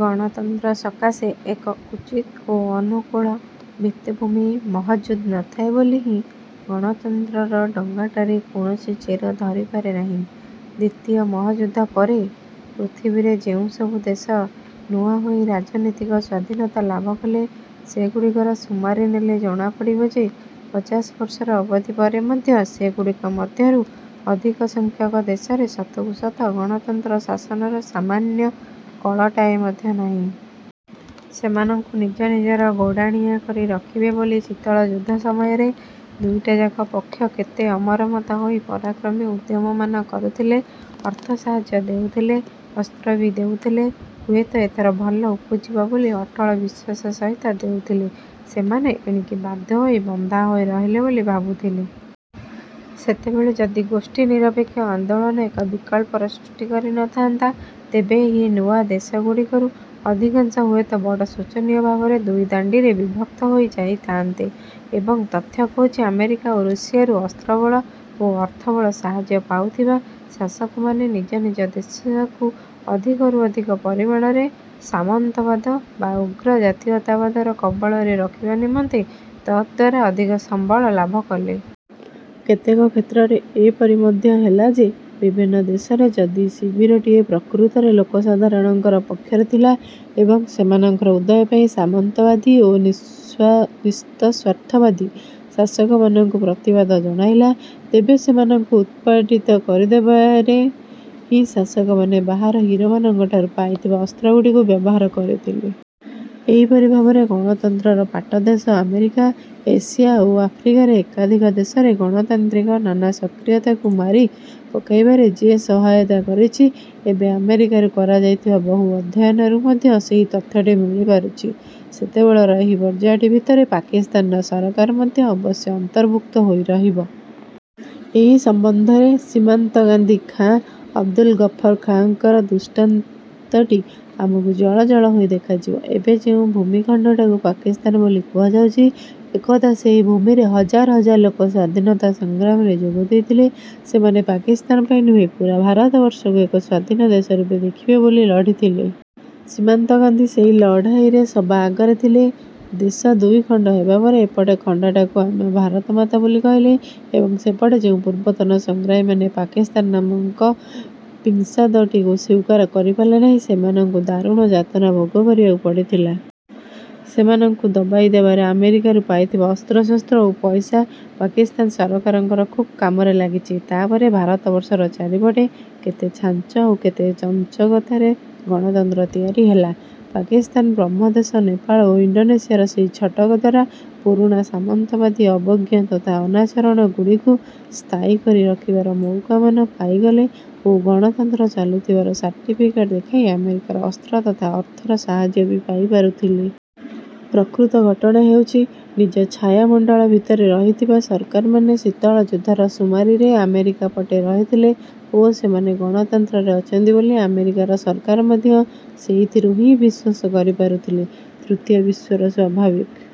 ଗଣତନ୍ତ୍ର ସକାଶେ ଏକ ଉଚିତ ଓ ଅନୁକୂଳ ଭିତ୍ତିଭୂମି ମହଜୁଦ ନଥାଏ ବୋଲି ହିଁ ଗଣତନ୍ତ୍ରର ଡ଼ଙ୍ଗାଟାରେ କୌଣସି ଚେର ଧରିପାରେ ନାହିଁ। ଦ୍ଵିତୀୟ ମହାଯୁଦ୍ଧ ପରେ ପୃଥିବୀରେ ଯେଉଁସବୁ ଦେଶ ନୂଆଁ ହୋଇ ରାଜନୀତିକ ସ୍ଵାଧୀନତା ଲାଭ କଲେ ସେଗୁଡ଼ିକର ସୁମାରି ନେଲେ ଜଣାପଡ଼ିବ ଯେ, ପଚାଶ ବର୍ଷର ଅବଧି ପରେ ମଧ୍ୟ ସେଗୁଡ଼ିକ ମଧ୍ୟରୁ ଅଧିକସଂଖ୍ୟକ ଦେଶରେ ସତକୁ ସତ ଗଣତନ୍ତ୍ର ଶାସନର ସାମାନ୍ୟ କଳଟାଏ ମଧ୍ୟ ନାହିଁ। ସେମାନଙ୍କୁ ନିଜ ନିଜର ଗୋଡ଼ାଣିଆ କରି ରଖିବେ ବୋଲି ଶୀତଳଯୁଦ୍ଧ ସମୟରେ ଦୁଇଟାଯାକ ପକ୍ଷ କେତେ ଅମରମତା ହୋଇ ପରାକ୍ରମୀ ଉଦ୍ୟମମାନ କରୁଥିଲେ ଅର୍ଥ ସାହାଯ୍ୟ ଦେଉଥଲେ, ଅସ୍ତ୍ର ବି ଦେଉଥିଲେ। ହୁଏତ ଏଥର ଭଲ ଉପୁଜିବ ବୋଲି ଅଟଳ ବିଶ୍ୱାସ ସହିତ ଦେଉଥିଲେ। ସେମାନେ ଏଣିକି ବାଧ୍ୟ ହୋଇ ବନ୍ଧା ହୋଇରହିଲେ ବୋଲି ଭାବୁଥିଲେ। ସେତେବେଳେ ଯଦି ଗୋଷ୍ଠୀନିରପେକ୍ଷ ଆନ୍ଦୋଳନ ଏକ ବିକଳ୍ପର ସୃଷ୍ଟି କରିନଥାନ୍ତା ତେବେ ଏହି ନୂଆ ଦେଶଗୁଡ଼ିକରୁ ଅଧିକାଂଶ ହୁଏତ ବଡ଼ ଶୋଚନୀୟ ଭାବରେ ଦୁଇ ଦାଣ୍ଡିରେ ବିଭକ୍ତ ହୋଇ ଯାଇଥାନ୍ତେ। ଏବଂ ତଥ୍ୟ କହୁଛି ଆମେରିକା ଓ ରୁଷିଆରୁ ଅସ୍ତ୍ରବଳ ଓ ଅର୍ଥବଳ ସାହାଯ୍ୟ ପାଉଥିବା ଶାସକମାନେ ନିଜ ନିଜ ଦେଶକୁ ଅଧିକରୁ ଅଧିକ ପରିମାଣରେ ସାମନ୍ତବାଦ ବା ଉଗ୍ର ଜାତୀୟତାବାଦର କବଳରେ ରଖିବା ନିମନ୍ତେ ତଦ୍ୱାରା ଅଧିକ ସମ୍ବଳ ଲାଭ କଲେ। କେତେକ କ୍ଷେତ୍ରରେ ଏପରି ମଧ୍ୟ ହେଲା ଯେ ବିଭିନ୍ନ ଦେଶରେ ଯଦି ଶିବିରଟିଏ ପ୍ରକୃତରେ ଲୋକସାଧାରଣଙ୍କର ପକ୍ଷରେ ଥିଲା ଏବଂ ସେମାନଙ୍କର ଉଦୟ ପାଇଁ ସାମନ୍ତବାଦୀ ଓ ନ୍ୟସ୍ତସ୍ୱାର୍ଥବାଦୀ ଶାସକମାନଙ୍କୁ ପ୍ରତିବାଦ ଜଣାଇଲା, ତେବେ ସେମାନଙ୍କୁ ଉତ୍ପାଟିତ କରିଦେବାରେ ହିଁ ଶାସକମାନେ ବାହାର ହିରୋମାନଙ୍କଠାରୁ ପାଇଥିବା ଅସ୍ତ୍ରଗୁଡ଼ିକୁ ବ୍ୟବହାର କରିଥିଲେ। ଏହିପରି ଭାବରେ ଗଣତନ୍ତ୍ରର ପାଟଦେଶ ଆମେରିକା, ଏସିଆ ଓ ଆଫ୍ରିକାରେ ଏକାଧିକ ଦେଶରେ ଗଣତାନ୍ତ୍ରିକ ନାନା ସକ୍ରିୟତାକୁ ମାରି ପକାଇବାରେ ଯେ ସହାୟତା କରିଛି, ଏବେ ଆମରିକାରୁ କରାଯାଇଥିବା ବହୁ ଅଧ୍ୟୟନରୁ ମଧ୍ୟ ସେହି ତଥ୍ୟଟି ମିଳିପାରୁଛି। ସେତେବେଳର ଏହି ପର୍ଯ୍ୟାୟଟି ଭିତରେ ପାକିସ୍ତାନର ସରକାର ମଧ୍ୟ ଅବଶ୍ୟ ଅନ୍ତର୍ଭୁକ୍ତ ହୋଇ ରହିବ। ଏହି ସମ୍ବନ୍ଧରେ ସୀମାନ୍ତ ଗାନ୍ଧୀ ଖାଁ ଅବ୍ଦୁଲ ଗଫର ଖାଁଙ୍କର ଦୃଷ୍ଟାନ୍ତଟି ଆମକୁ ଜଳଜଳ ହୋଇ ଦେଖାଯିବ। ଏବେ ଯେଉଁ ଭୂମିଖଣ୍ଡଟାକୁ ପାକିସ୍ତାନ ବୋଲି କୁହାଯାଉଛି, ଏକଦା ସେହି ଭୂମିରେ ହଜାର ହଜାର ଲୋକ ସ୍ୱାଧୀନତା ସଂଗ୍ରାମରେ ଯୋଗ ଦେଇଥିଲେ। ସେମାନେ ପାକିସ୍ତାନ ପାଇଁ ନୁହେଁ ପୂରା ଭାରତବର୍ଷକୁ ଏକ ସ୍ଵାଧୀନ ଦେଶ ରୂପେ ଦେଖିବେ ବୋଲି ଲଢ଼ିଥିଲେ। ସୀମାନ୍ତ ଗାନ୍ଧୀ ସେହି ଲଢ଼ାଇରେ ସବା ଆଗରେ ଥିଲେ। ଦେଶ ଦୁଇଖଣ୍ଡ ହେବାପରେ ଏପଟ ଖଣ୍ଡଟାକୁ ଆମେ ଭାରତମାତା ବୋଲି କହିଲେ ଏବଂ ସେପଟେ ଯେଉଁ ପୂର୍ବତନ ସଂଗ୍ରାମୀମାନେ ପାକିସ୍ତାନ ନାମକ ପିଂସାଦଟିକୁ ସ୍ୱୀକାର କରିପାରିଲେ ନାହିଁ, ସେମାନଙ୍କୁ ଦାରୁଣ ଯାତନା ଭୋଗ କରିବାକୁ ପଡ଼ିଥିଲା। ସେମାନଙ୍କୁ ଦବାଇ ଦେବାରେ ଆମେରିକାରୁ ପାଇଥିବା ଅସ୍ତ୍ରଶସ୍ତ୍ର ଓ ପଇସା ପାକିସ୍ତାନ ସରକାରଙ୍କର ଖୁବ୍ କାମରେ ଲାଗିଛି। ତା'ପରେ ଭାରତବର୍ଷର ଚାରିପଟେ କେତେ ଛାଞ୍ଚ ଓ କେତେ ଚଞ୍ଚକତାରେ ଗଣତନ୍ତ୍ର ତିଆରି ହେଲା। ପାକିସ୍ତାନ ବ୍ରହ୍ମଦେଶ, ନେପାଳ ଓ ଇଣ୍ଡୋନେସିଆ ସେହି ଛଟକ ଦ୍ଵାରା ପୁରୁଣା ସାମନ୍ତବାଦୀ ଅବଜ୍ଞା ତଥା ଅନାଚରଣ ଗୁଡ଼ିକୁ ସ୍ଥାୟୀକରି ରଖିବାର ମଉକାମାନ ପାଇଗଲେ ଓ ଗଣତନ୍ତ୍ର ଚାଲୁଥିବାର ସାର୍ଟିଫିକେଟ ଦେଖାଇ ଆମେରିକାର ଅସ୍ତ୍ର ତଥା ଅର୍ଥର ସାହାଯ୍ୟ ବି ପାଇପାରୁଥିଲେ। ପ୍ରକୃତ ଘଟଣା ହେଉଛି, ନିଜ ଛାୟାମଣ୍ଡଳ ଭିତରେ ରହିଥିବା ସରକାରମାନେ ଶୀତଳ ଯୁଦ୍ଧର ସୁମାରିରେ ଆମେରିକା ପଟେ ରହିଥିଲେ ଓ ସେମାନେ ଗଣତନ୍ତ୍ରରେ ଅଛନ୍ତି ବୋଲି ଆମେରିକାର ସରକାର ମଧ୍ୟ ସେଇଥିରୁ ହିଁ ବିଶ୍ୱାସ କରିପାରୁଥିଲେ। ତୃତୀୟ ବିଶ୍ଵର ସ୍ୱାଭାବିକ ।